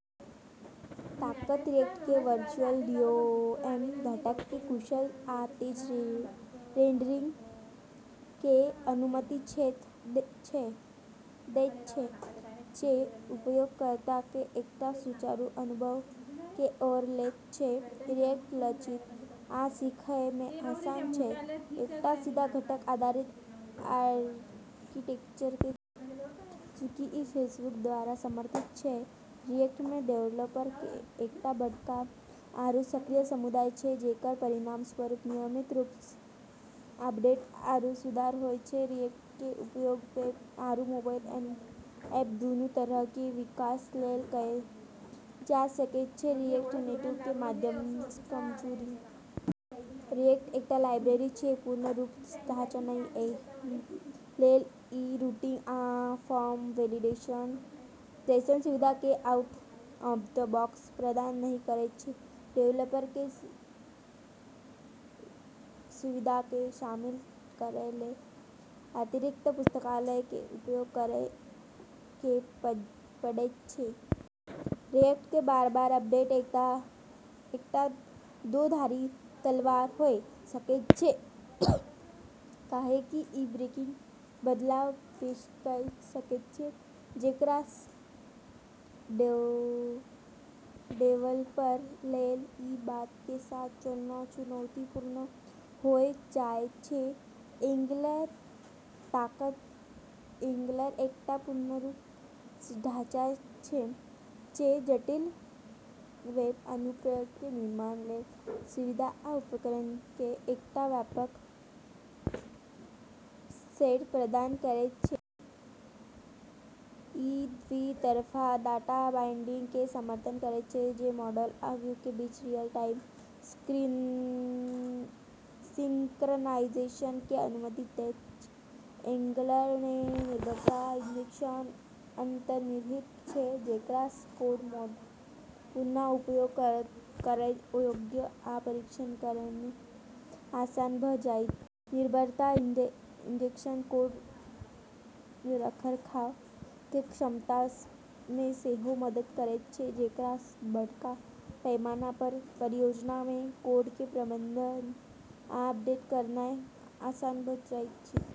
ताकत रिएक्ट के virtual DOM घटक के कुशल आ तेज रेंडरिंग के अनुमति दैत छै, जे उपयोगकर्ता के एकटा सुचारू अनुभव के ओर लैत छै। रिएक्ट लचिल आ सीखय मे आसान छै, एकटा सीधा घटक आधारित आर्किटेक्चर के साथ। चूँकि ई फेसबुक द्वारा समर्थित छै, रिएक्ट मे डेवलपर के एकटा बडका आरू सक्रिय समुदाय छै, जेकर परिणामस्वरूप नियमित रूप सँ अपडेट आरू सुधार होय छै। रिएक्ट के उपयोग वेब आरू मोबाइल ऐप दुनू तरह के विकास लेल कयल जा सकैत छै, रिएक्ट नेटिव के माध्यम सँ। कमजोरी रिएक्ट एकटा लाइब्रेरी छै, पूर्ण रूप सँ ढाँचा नहि, एही लेल इ रूटिंग आ फॉर्म वैलिडेशन जैसन सुविधा के आउट-ऑफ-द-बॉक्स प्रदान नहि करैत छै। डेवलपर के इ सुविधा के शामिल करय लेल अतिरिक्त पुस्तकालय के उपयोग करय के पड़ैत छै। रिएक्ट के बार-बार अपडेट एकटा दोधारी तलवार होय सकैत छै, काहेकि ई ब्रेकिंग बदलाव पेश कय सकैत छै, जेकरा सँ डेवलपर लेल ई बात के साथ चलना चुनौतीपूर्ण होय जाय छै। एंगलर ताकत एंगलर एकटा पूर्ण रूप सँ ढाँचा छै, जे जटिल वेब अनुप्रयोग के निर्माण लेल सुविधा आ उपकरण के एकटा व्यापक सेट प्रदान करैत छै। इ द्वि-तरफा डाटा बाइंडिंग के समर्थन करैत छै, जे मॉडल आ व्यू के बीच रियल-टाइम सिंक्रनाइजेशन के अनुमति दैत छै। एंगलर मे निर्भरता इंजेक्शन अंतर्निहित छै, जेकरा सँ कोड मॉड्यूलर, पुन: उपयोग करय योग्य, आ परीक्षण करय मे आसान भ जाइत छै। निर्भरता इंजेक्शन कोड रखरखाव के क्षमता मे सेहो मदद करैत छै, जेकरा सँ बडका पैमाना पर परियोजना मे कोड के प्रबंधन आ अपडेट करनाय आसान भ जाइत छै।